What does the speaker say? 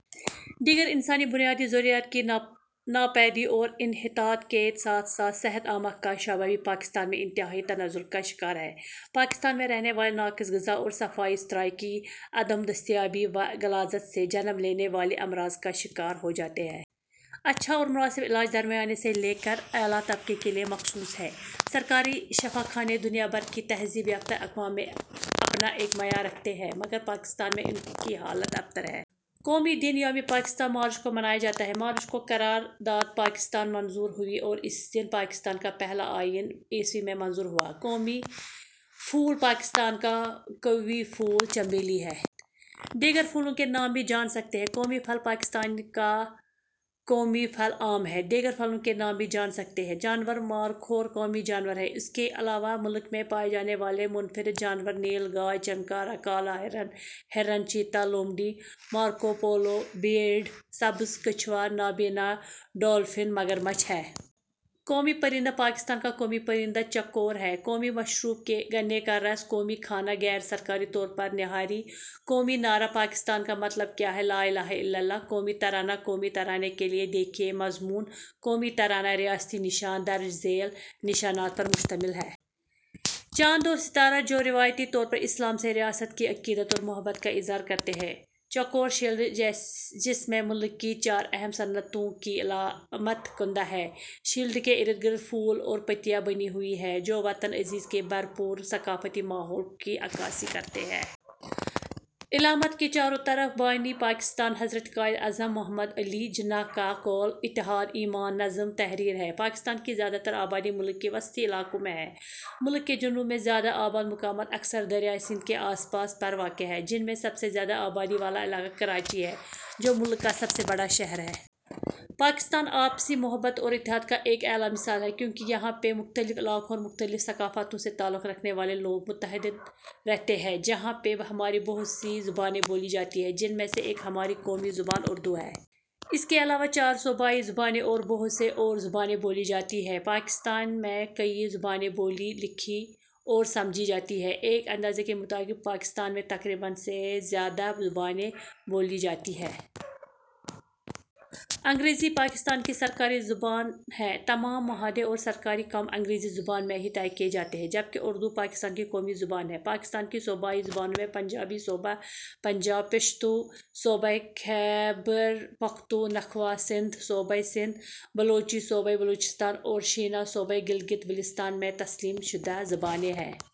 دیگر انسانی بنیادی ضروریات کی ناپیدی اور انحطاط کے ساتھ ساتھ صحت عامہ کا شعبہ بھی پاکستان میں انتہائی تنزل کا شکار ہے۔ پاکستان میں رہنے والے ناقص غذا اور صفائی ستھرائی کی عدم دستیابی و غلاظت سے جنم لینے والے امراض کا شکار ہو جاتے ہیں۔ اچھا اور مناسب علاج درمیانے سے لے کر اعلیٰ طبقے کے ليے مخصوص ہے۔ سرکاری شفاخانے دنیا بھر کی تہذیب یافتہ اقوام میں اپنا ایک معیار رکھتے ہیں مگر پاکستان میں ان کی حالت ابتر ہے۔ قومی دن – یوم پاکستان ، مارچ کو منایا جاتا ہے۔ مارچ کو قرار داد پاکستان منظور ہوئی اور اسی دن پاکستان کا پہلا آئین ء میں منظور ہوا۔ قومی پھول پاکستان کا قوی پھول چنبیلی ہے۔ دیگر پھولوں کے نام بھی جان سکتے ہیں۔ قومی پھل پاکستان کا قومی پھل آم ہے۔ دیگر پھلوں کے نام بھی جان سکتے ہیں۔ جانور – مارخور قومی جانور ہے۔ اس کے علاوہ ملک میں پائے جانے والے منفرد جانور نیل گائے ، چنکارہ ، کالا ہرن ، ہرن ، چیتا ، لومڑی ، مارکوپولو بھیڑ ، سبز کچھوا ، نابینا ڈولفن ، مگرمچھ ہیں۔ قومی پرندہ پاکستان کا قومی پرندہ چکور ہے۔ قومی مشروب – گنے کا رس قومی کھانا غیر سرکاری طور پر نہاری ۔ قومی نعرہ پاکستان کا مطلب کیا؟ لَآ اِلٰہَ اِلَّا اللہُ قومی ترانہ قومی ترانے کے لیے دیکھیں مضمون قومی ترانہ ریاستی نشان درج ذیل نشانات پر مشتمل ہے۔ چاند اور ستارہ جو روایتی طور پر اسلام سے ریاست کی عقیدت اور محبت کا اظہار کرتے ہیں۔ چوکور شیلڈ جس میں ملک کی چار اہم صنعتوں کی علامت کندہ ہے۔ شیلڈ کے اردگرد پھول اور پتیاں بنی ہوئی ہیں جو وطن عزیز کے بھر پور ثقافتی ماحول کی عکاسی کرتی ہیں۔ علامت کے چاروں طرف بانی پاکستان حضرت قائد اعظم محمد علی جناح کا قول۔۔۔ اتحاد، ایمان، نظم تحریر ہے۔ پاکستان کی زیادہ تر آبادی ملک کی وسطی علاقوں میں ہے، ملک کے جنوب میں زیادہ آباد مقامات اکثر دریائے سندھ کے آس پاس پر واقع ہے جن میں سب سے زیادہ آبادی والا علاقہ کراچی ہے جو ملک کا سب سے بڑا شہر ہے۔ پاکستان آپسی محبت اور اتحاد کا ایک اعلیٰ مثال ہے کیونکہ یہاں پہ مختلف علاقوں اور مختلف ثقافتوں سے تعلق رکھنے والے لوگ متحد رہتے ہیں۔ جہاں پہ ہماری بہت سے زبانیں بولی جاتی ہیں جن میں سے ایک ہماری قومی زبان اردو ہے۔ اس کے علاوہ چار صوبائی زبانیں اور بہت سے اور زبانیں بولی جاتی ہیں۔ پاکستان میں کئیی زبانیں بولی، لکھی اور سمجھی جاتی ہیں۔ ایک اندازے کے مطابق پاکستان میں تقریباً سے زیادہ زبانیں بولی جاتی ہیں۔ انگریزی پاکستان کی سرکاری زبان ہے، تمام معاہدے اور سرکاری کام انگریزی زبان میں ہی طے کیے جاتے ہیں، جبکہ اردو پاکستان کی قومی زبان ہے۔ پاکستان کی صوبائی زبانوں میں پنجابی صوبہ پنجاب ، پشتو صوبہ خیبر پختونخوا ، سندھی صوبہ سندھ ، بلوچی صوبہ بلوچستان اور شینا صوبہ گلگت بلتستان میں تسلیم شدہ زبانیں ہیں۔